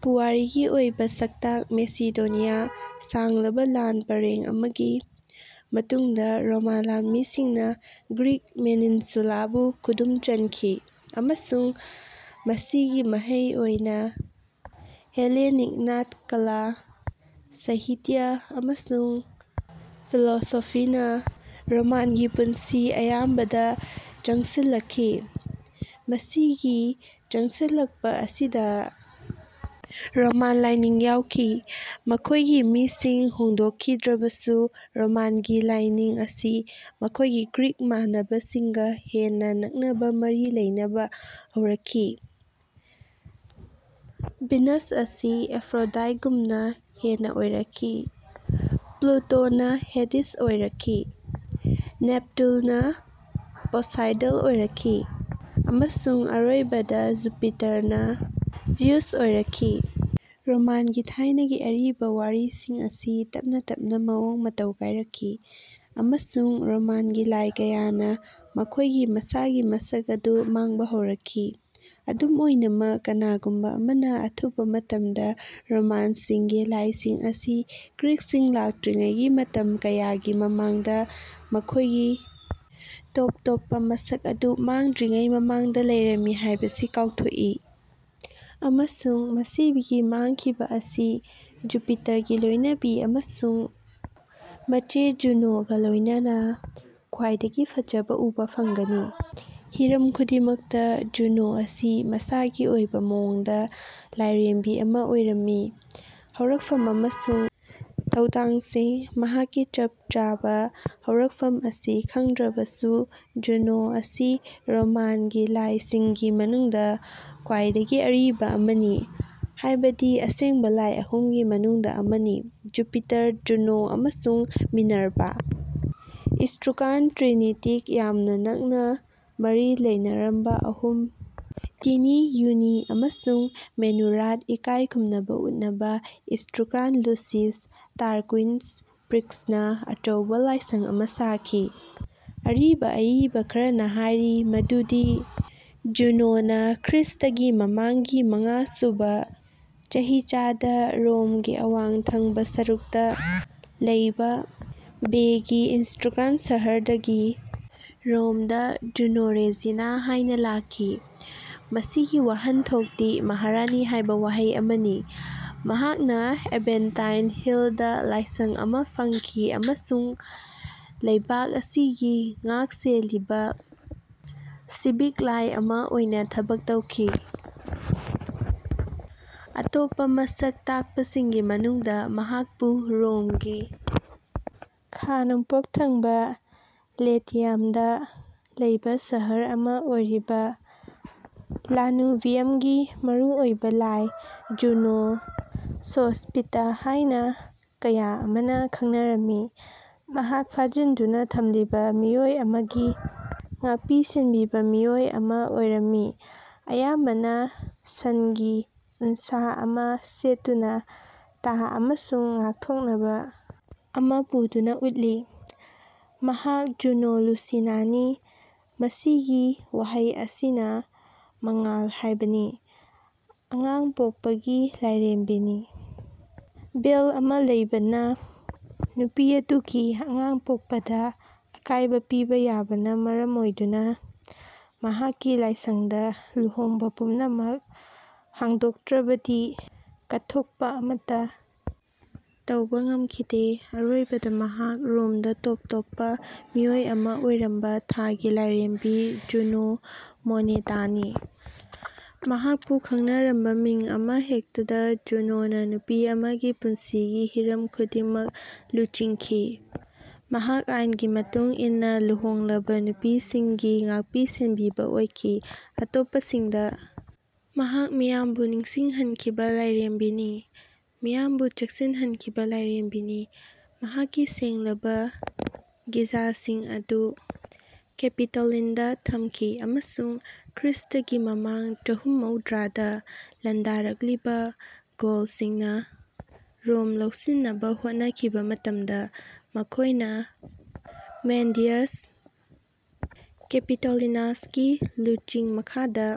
ꯄꯨꯋꯥꯔꯤꯒꯤ ꯑꯣꯏꯕ ꯁꯛꯇꯥꯛ ꯃꯦꯁꯤꯗꯣꯅꯤꯌꯥꯒ ꯁꯥꯡꯂꯕ ꯂꯥꯟ ꯄꯔꯦꯡ ꯑꯃꯒꯤ ꯃꯇꯨꯡꯗ ꯔꯣꯃꯥꯟ ꯂꯥꯟꯃꯤꯁꯤꯡꯅ ꯒ꯭ꯔꯤꯛ ꯄꯦꯅꯤꯟꯁꯨꯂꯥꯕꯨ ꯈꯨꯗꯨꯝ ꯆꯟꯈꯤ, ꯑꯃꯁꯨꯡ ꯃꯁꯤꯒꯤ ꯃꯍꯩ ꯑꯣꯏꯅ ꯍꯦꯂꯦꯅꯤꯛ ꯅꯥꯠ ꯀꯂꯥ, ꯁꯥꯍꯤꯇ꯭ꯌ ꯥ ꯑꯃꯁꯨꯡ ꯐꯤꯂꯣꯁꯣꯐꯤꯅ ꯔꯣꯃꯥꯟꯒꯤ ꯄꯨꯟꯁꯤ ꯑꯌꯥꯝꯕꯗ ꯆꯪꯁꯤꯜꯂꯛꯈꯤ꯫ ꯃꯁꯤꯒꯤ ꯆꯪꯁꯤꯜꯂꯛꯄ ꯑꯁꯤꯗ ꯔꯣꯃꯥꯟ ꯂꯥꯏꯅꯤꯡ ꯌꯥꯎꯈꯤ꯫ ꯃꯈꯣꯏꯒꯤ ꯃꯤꯡꯁꯤꯡ ꯍꯣꯡꯗꯣꯛꯈꯤꯗ꯭ꯔꯕꯁꯨ, ꯔꯣꯃꯥꯟꯒꯤ ꯂꯥꯏꯁꯤꯡ ꯑꯁꯤ ꯃꯈꯣꯏꯒꯤ ꯒ꯭ꯔꯤꯛ ꯃꯥꯟꯅꯕꯁꯤꯡꯒ ꯍꯦꯟꯅ ꯅꯛꯅꯕ ꯃꯔꯤ ꯂꯩꯅꯕ ꯍꯧꯔꯛꯈꯤ꯫ ꯚꯤꯅꯁ ꯑꯁꯤ ꯑꯦꯐ꯭ꯔꯣꯗꯥꯏꯠꯒꯨꯝꯅ ꯍꯦꯟꯅ ꯑꯣꯏꯔꯛꯈꯤ, ꯄ꯭ꯂꯨꯇꯣꯅ ꯍꯦꯗꯤꯁ ꯑꯣꯏꯔꯛꯈꯤ, ꯅꯦꯞꯇꯨꯟꯅ ꯄꯣꯁꯥꯏꯗꯟ ꯑꯣꯏꯔꯛꯈꯤ, ꯑꯃꯁꯨꯡ ꯑꯔꯣꯏꯕꯗ, ꯖꯨꯄꯤꯇꯔꯅ ꯖꯤꯎꯁ ꯑꯣꯏꯔꯛꯈꯤ꯫ ꯔꯣꯃꯥꯟꯒꯤ ꯊꯥꯏꯅꯒꯤ ꯑꯔꯤꯕ ꯋꯥꯔꯤꯁꯤꯡ ꯑꯁꯤ ꯇꯞꯅ-ꯇꯞꯅ ꯃꯋꯣꯡ-ꯃꯇꯧ ꯀꯥꯏꯔꯛꯈꯤ, ꯑꯃꯁꯨꯡ ꯔꯣꯃꯥꯟꯒꯤ ꯂꯥꯏ ꯀꯌꯥꯅ ꯃꯈꯣꯏꯒꯤ ꯃꯁꯥꯒꯤ ꯃꯁꯛ ꯑꯗꯨ ꯃꯥꯡꯕ ꯍꯧꯔꯛꯈꯤ꯫ ꯑꯗꯨꯝ ꯑꯣꯏꯅꯃꯛ, ꯀꯅꯥꯒꯨꯝꯕ ꯑꯃꯅ ꯑꯊꯨꯕ ꯃꯇꯝꯗ ꯔꯣꯃꯥꯟꯁꯤꯡꯒꯤ ꯂꯥꯏꯁꯤꯡ ꯑꯁꯤ ꯒ꯭ꯔꯤꯛꯁꯤꯡ ꯂꯥꯛꯇ꯭ꯔꯤꯉꯩꯒꯤ ꯃꯇꯝ ꯀꯌꯥꯒꯤ ꯃꯃꯥꯡꯗ, ꯃꯈꯣꯏꯒꯤ ꯇꯣꯞ-ꯇꯣꯞꯄ ꯃꯁꯛ ꯑꯗꯨ ꯃꯥꯡꯗ꯭ꯔꯤꯉꯩ ꯃꯃꯥꯡꯗ ꯂꯩꯔꯝꯃꯤ ꯍꯥꯏꯕꯁꯤ ꯀꯥꯎꯊꯣꯛꯏ꯫ ꯑꯃꯁꯨꯡ ꯃꯁꯤꯒꯤ ꯃꯥꯡꯈꯤꯕ ꯑꯁꯤ ꯖꯨꯄꯤꯇꯔꯒꯤ ꯂꯣꯏꯅꯕꯤ ꯑꯃꯁꯨꯡ ꯃꯆꯦ ꯖꯨꯅꯣꯒ ꯂꯣꯏꯅꯅ ꯈ꯭ꯋꯥꯏꯗꯒꯤ ꯐꯖꯅ ꯎꯕ ꯐꯪꯒꯅꯤ꯫ꯍꯤꯔꯝ ꯈꯨꯗꯤꯡꯃꯛꯇ, ꯖꯨꯅꯣ ꯑꯁꯤ ꯃꯁꯥꯒꯤ ꯑꯣꯏꯕ ꯃꯑꯣꯡꯗ ꯂꯥꯏꯔꯦꯝꯕꯤ ꯑꯃ ꯑꯣꯏꯔꯝꯃꯤ꯫ ꯍꯧꯔꯛꯐꯝ ꯑꯃꯁꯨꯡ ꯊꯧꯗꯥꯡꯁꯤꯡ ꯃꯍꯥꯛꯀꯤ ꯆꯞ ꯆꯥꯕ ꯍꯧꯔꯛꯐꯝ ꯑꯁꯤ ꯈꯪꯗ꯭ꯔꯕꯁꯨ, ꯖꯨꯅꯣ ꯑꯁꯤ ꯔꯣꯃꯥꯟꯒꯤ ꯂꯥꯏꯁꯤꯡꯒꯤ ꯃꯅꯨꯡꯗ ꯈ꯭ꯋꯥꯏꯗꯒꯤ ꯑꯔꯤꯕ ꯑꯃꯅꯤ, ꯍꯥꯏꯕꯗꯤ ꯑꯁꯦꯡꯕ ꯂꯥꯏ ꯑꯍꯨꯝꯒꯤ ꯃꯅꯨꯡꯗ ꯑꯃꯅꯤ ꯖꯨꯄꯤꯇꯔ, ꯖꯨꯅꯣ ꯑꯃꯁꯨꯡ ꯃꯤꯅꯔꯚꯥ ꯫ ꯏꯁꯇ꯭ꯔꯨꯀꯥꯟ ꯇ꯭ꯔꯤꯅꯤꯇꯤꯛ ꯌꯥꯝꯅ ꯅꯛꯅ ꯃꯔꯤ ꯂꯩꯅꯔꯝꯕ ꯑꯍꯨꯝ: ꯇꯤꯅꯤ, ꯌꯨꯅꯤ, ꯑꯃꯁꯨꯡ ꯃꯦꯅꯨꯔꯥꯠ ꯏꯀꯥꯏ ꯈꯨꯝꯅꯕ ꯎꯠꯅꯕ ꯏꯁꯇ꯭ꯔꯨꯀꯥꯟ ꯂꯨꯁꯤꯁ ꯇꯥꯔꯀ꯭ꯋꯤꯟꯁ ꯄ꯭ꯔꯤꯛꯁꯅ ꯑꯆꯧꯕ ꯂꯥꯏꯁꯪ ꯑꯃ ꯁꯥꯈꯤ꯫ ꯑꯔꯤꯕ ꯑꯏꯕ ꯈꯔꯅ ꯍꯥꯏꯔꯤ ꯃꯗꯨꯗꯤ ꯖꯨꯅꯣꯅ ꯈ꯭ꯔꯤꯁꯇꯥꯒꯤ ꯃꯃꯥꯡꯒꯤ ꯃꯉꯥꯁꯨꯕ ꯆꯍꯤꯆꯥꯗ ꯔꯣꯝꯒꯤ ꯑꯋꯥꯡ ꯊꯪꯕ ꯁꯔꯨꯛꯇ ꯂꯩꯕ ꯚꯦꯏꯒꯤ ꯏꯁꯇ꯭ꯔꯨꯀꯥꯟ ꯁꯍꯔꯗꯒꯤ ꯔꯣꯝꯗ ꯖꯨꯅꯣ ꯔꯦꯖꯤꯅꯥ ꯍꯥꯏꯅ ꯂꯥꯛꯈꯤ, ꯃꯁꯤꯒꯤ ꯋꯥꯍꯟꯊꯣꯛꯇꯤ ꯃꯍꯥꯔꯥꯅꯤ ꯍꯥꯏꯕ ꯋꯥꯍꯩ ꯑꯃꯅꯤ꯫ ꯃꯍꯥꯛꯅ ꯑꯦꯚꯦꯟꯇꯥꯏꯟ ꯍꯤꯜꯗ ꯂꯥꯏꯁꯪ ꯑꯃ ꯐꯪꯈꯤ ꯑꯃꯁꯨꯡ ꯂꯩꯕꯥꯛ ꯑꯁꯤꯒꯤ ꯉꯥꯛꯁꯦꯜꯂꯤꯕ, ꯁꯤꯚꯤꯛ ꯂꯥꯏ ꯑꯃ ꯑꯣꯏꯅ ꯊꯕꯛ ꯇꯧꯈꯤ꯫ ꯑꯇꯣꯞꯄ ꯃꯁꯛ ꯇꯥꯛꯄꯁꯤꯡꯒꯤ ꯃꯅꯨꯡꯗ, ꯃꯍꯥꯛꯄꯨ ꯔꯣꯝꯒꯤ ꯈꯥ-ꯅꯣꯡꯄꯣꯛ ꯊꯪꯕ ꯂꯦꯇꯤꯌꯝꯗ ꯂꯩꯕ ꯁꯍꯔ ꯑꯃ ꯑꯣꯏꯔꯤꯕ ꯂꯥꯅꯨꯚꯤꯌꯝꯒꯤ ꯃꯔꯨꯑꯣꯏꯕ ꯂꯥꯏ ꯖꯨꯅꯣ ꯁꯣꯁ꯭ꯄꯤꯇꯥ ꯍꯥꯏꯅ ꯀꯌꯥ ꯑꯃꯅ ꯈꯪꯅꯔꯝꯃꯤ꯫ ꯃꯍꯥꯛ ꯐꯥꯖꯤꯟꯗꯨꯅ ꯊꯝꯂꯤꯕ ꯃꯤꯑꯣꯏ ꯑꯃꯒꯤ ꯉꯥꯛꯄꯤ-ꯁꯦꯟꯕꯤꯕ ꯃꯤꯑꯣꯏ ꯑꯃ ꯑꯣꯏꯔꯝꯃꯤ, ꯑꯌꯥꯝꯕꯅ ꯁꯟꯒꯤ ꯎꯟꯁꯥ ꯑꯃ ꯁꯦꯠꯇꯨꯅ, ꯇꯥ ꯑꯃꯁꯨꯡ ꯉꯥꯛꯊꯣꯛꯅꯕ ꯑꯃ ꯄꯨꯗꯨꯅ ꯎꯠꯂꯤ꯫ ꯃꯍꯥꯛ ꯖꯨꯅꯣ ꯂꯨꯁꯤꯅꯥꯅꯤ, ꯃꯁꯤꯒꯤ ꯋꯥꯍꯩ ꯑꯁꯤꯅ ꯃꯉꯥꯜ ꯍꯥꯏꯕꯅꯤ, ꯑꯉꯥꯡ ꯄꯣꯛꯄꯒꯤ ꯂꯥꯏꯔꯦꯝꯕꯤꯅꯤ꯫ ꯕꯦꯜꯠ ꯑꯃ ꯂꯩꯕꯅ ꯅꯨꯄꯤ ꯑꯗꯨꯒꯤ ꯑꯉꯥꯡ ꯄꯣꯛꯄꯗ ꯑꯀꯥꯏꯕ ꯄꯤꯕ ꯌꯥꯕꯅ ꯃꯔꯝ ꯑꯣꯏꯗꯨꯅ ꯃꯍꯥꯛꯀꯤ ꯂꯥꯏꯁꯪꯗ ꯂꯨꯍꯣꯡꯕ ꯄꯨꯝꯅꯃꯛ ꯍꯥꯡꯗꯣꯛꯇ꯭ꯔꯕꯗꯤ ꯀꯠꯊꯣꯛꯄ ꯑꯃꯠꯇ ꯇꯧꯕ ꯉꯝꯈꯤꯗꯦ꯫ ꯑꯔꯣꯏꯕꯗ, ꯃꯍꯥꯛ ꯔꯣꯝꯗ ꯇꯣꯞ-ꯇꯣꯞꯄ ꯃꯤꯑꯣꯏ ꯑꯃ ꯑꯣꯏꯔꯝꯕ ꯊꯥꯒꯤ ꯂꯥꯏꯔꯦꯝꯕꯤ ꯖꯨꯅꯣ ꯃꯣꯅꯦꯇꯥꯅꯤ꯫ ꯃꯍꯥꯛꯄꯨ ꯈꯪꯅꯔꯝꯕ ꯃꯤꯡ ꯑꯃꯍꯦꯛꯇꯗ ꯖꯨꯅꯣꯅ ꯅꯨꯄꯤ ꯑꯃꯒꯤ ꯄꯨꯟꯁꯤꯒꯤ ꯍꯤꯔꯝ ꯈꯨꯗꯤꯡꯃꯛ ꯂꯨꯆꯤꯡꯈꯤ꯫ ꯃꯍꯥꯛ ꯑꯥꯏꯟꯒꯤ ꯃꯇꯨꯡ ꯏꯟꯅ ꯂꯨꯍꯣꯡꯂꯕ ꯅꯨꯄꯤꯁꯤꯡꯒꯤ ꯉꯥꯛꯄꯤ-ꯁꯦꯟꯕꯤꯕ ꯑꯣꯏꯈꯤ꯫ ꯑꯇꯣꯞꯄꯁꯤꯡꯗ ꯃꯍꯥꯛ ꯃꯤꯌꯥꯝꯕꯨ ꯅꯤꯡꯁꯤꯡꯍꯟꯈꯤꯕ ꯂꯥꯏꯔꯦꯝꯕꯤꯅꯤ, ꯃꯤꯌꯥꯝꯕꯨ ꯆꯦꯛꯁꯤꯟꯍꯟꯈꯤꯕ ꯂꯥꯏꯔꯦꯝꯕꯤꯅꯤ꯫ ꯃꯍꯥꯛꯀꯤ ꯁꯦꯡꯂꯕ ꯒꯤꯖꯁꯤꯡ ꯑꯗꯨ ꯀꯦꯄꯤꯇꯣꯂꯤꯟꯗ ꯊꯝꯈꯤ ꯑꯃꯁꯨꯡ ꯈ꯭ꯔꯤꯁꯇꯒꯤ ꯃꯃꯥꯡ ꯆꯍꯨꯝ ꯃꯧꯗ꯭ꯔꯥꯗ ꯂꯥꯟꯗꯥꯔꯛꯂꯤꯕ ꯒꯧꯜꯁꯤꯡꯅ ꯔꯣꯝ ꯂꯧꯁꯤꯟꯅꯕ ꯍꯣꯠꯅꯈꯤꯕ ꯃꯇꯝꯗ ꯃꯈꯣꯏꯅ ꯃꯦꯟꯂꯤꯌꯁ ꯀꯦꯄꯤꯇꯣꯂꯤꯅꯁꯀꯤ ꯂꯨꯆꯤꯡ ꯃꯈꯥꯗ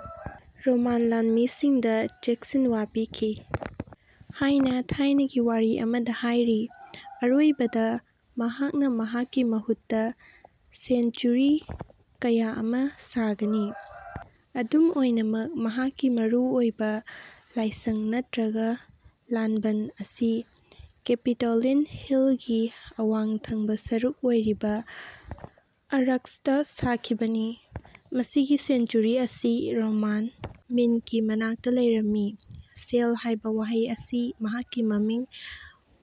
ꯔꯣꯃꯥꯟ ꯂꯥꯟꯃꯤꯁꯤꯡꯗ ꯆꯦꯛꯁꯤꯟꯋꯥ ꯄꯤꯈꯤ ꯍꯥꯏꯅ ꯊꯥꯏꯅꯒꯤ ꯋꯥꯔꯤ ꯑꯃꯗ ꯍꯥꯏꯔꯤ꯫ ꯑꯔꯣꯏꯕꯗ, ꯃꯍꯥꯛꯅ ꯃꯍꯥꯛꯀꯤ ꯃꯍꯨꯠꯇ ꯁꯦꯟꯆꯨꯔꯤ ꯀꯌꯥ ꯑꯃ ꯁꯥꯒꯅꯤ꯫ ꯑꯗꯨꯝ ꯑꯣꯏꯅꯃꯛ, ꯃꯍꯥꯛꯀꯤ ꯃꯔꯨꯑꯣꯏꯕ ꯂꯥꯏꯁꯪ ꯅꯠꯇ꯭ꯔꯒ ꯂꯥꯟꯕꯟ ꯑꯁꯤ ꯀꯦꯄꯤꯇꯣꯂꯤꯟ ꯍꯤꯜꯒꯤ ꯑꯋꯥꯡ ꯊꯪꯕ ꯁꯔꯨꯛ ꯑꯣꯏꯔꯤꯕ ꯑꯥꯔꯛꯁꯇ ꯁꯥꯈꯤꯕꯅꯤ꯫ ꯃꯁꯤꯒꯤ ꯁꯦꯟꯆꯨꯔꯤ ꯑꯁꯤ ꯔꯣꯃꯥꯟ ꯃꯤꯟꯠꯀꯤ ꯃꯅꯥꯛꯇ ꯂꯩꯔꯝꯃꯤ; ꯁꯦꯜ ꯍꯥꯏꯕ ꯋꯥꯍꯩ ꯑꯁꯤ ꯃꯍꯥꯛꯀꯤ ꯃꯃꯤꯡ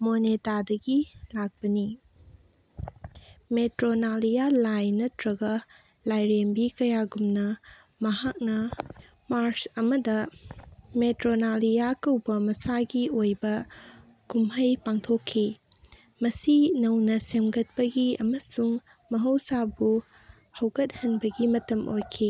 ꯃꯣꯅꯦꯇꯥꯗꯒꯤ ꯂꯥꯛꯄꯅꯤ꯫ ꯃꯦꯇ꯭ꯔꯣꯅꯥꯂꯤꯌꯥ ꯂꯥꯏ ꯅꯠꯇ꯭ꯔꯒ ꯂꯥꯏꯔꯦꯝꯕꯤ ꯀꯌꯥꯒꯨꯝꯅ, ꯃꯍꯥꯛꯅ ꯃꯥꯔꯆ ꯑꯃꯗ ꯃꯦꯇ꯭ꯔꯣꯅꯥꯂꯤꯌꯥ ꯀꯧꯕ ꯃꯁꯥꯒꯤ ꯑꯣꯏꯕ ꯀꯨꯝꯍꯩ ꯄꯥꯡꯊꯣꯛꯈꯤ, ꯃꯁꯤ ꯅꯧꯅ ꯁꯦꯝꯒꯠꯄꯒꯤ ꯑꯃꯁꯨꯡ ꯃꯍꯧꯁꯥꯕꯨ ꯍꯧꯒꯠꯍꯟꯕꯒꯤ ꯃꯇꯝ ꯑꯣꯏꯈꯤ꯫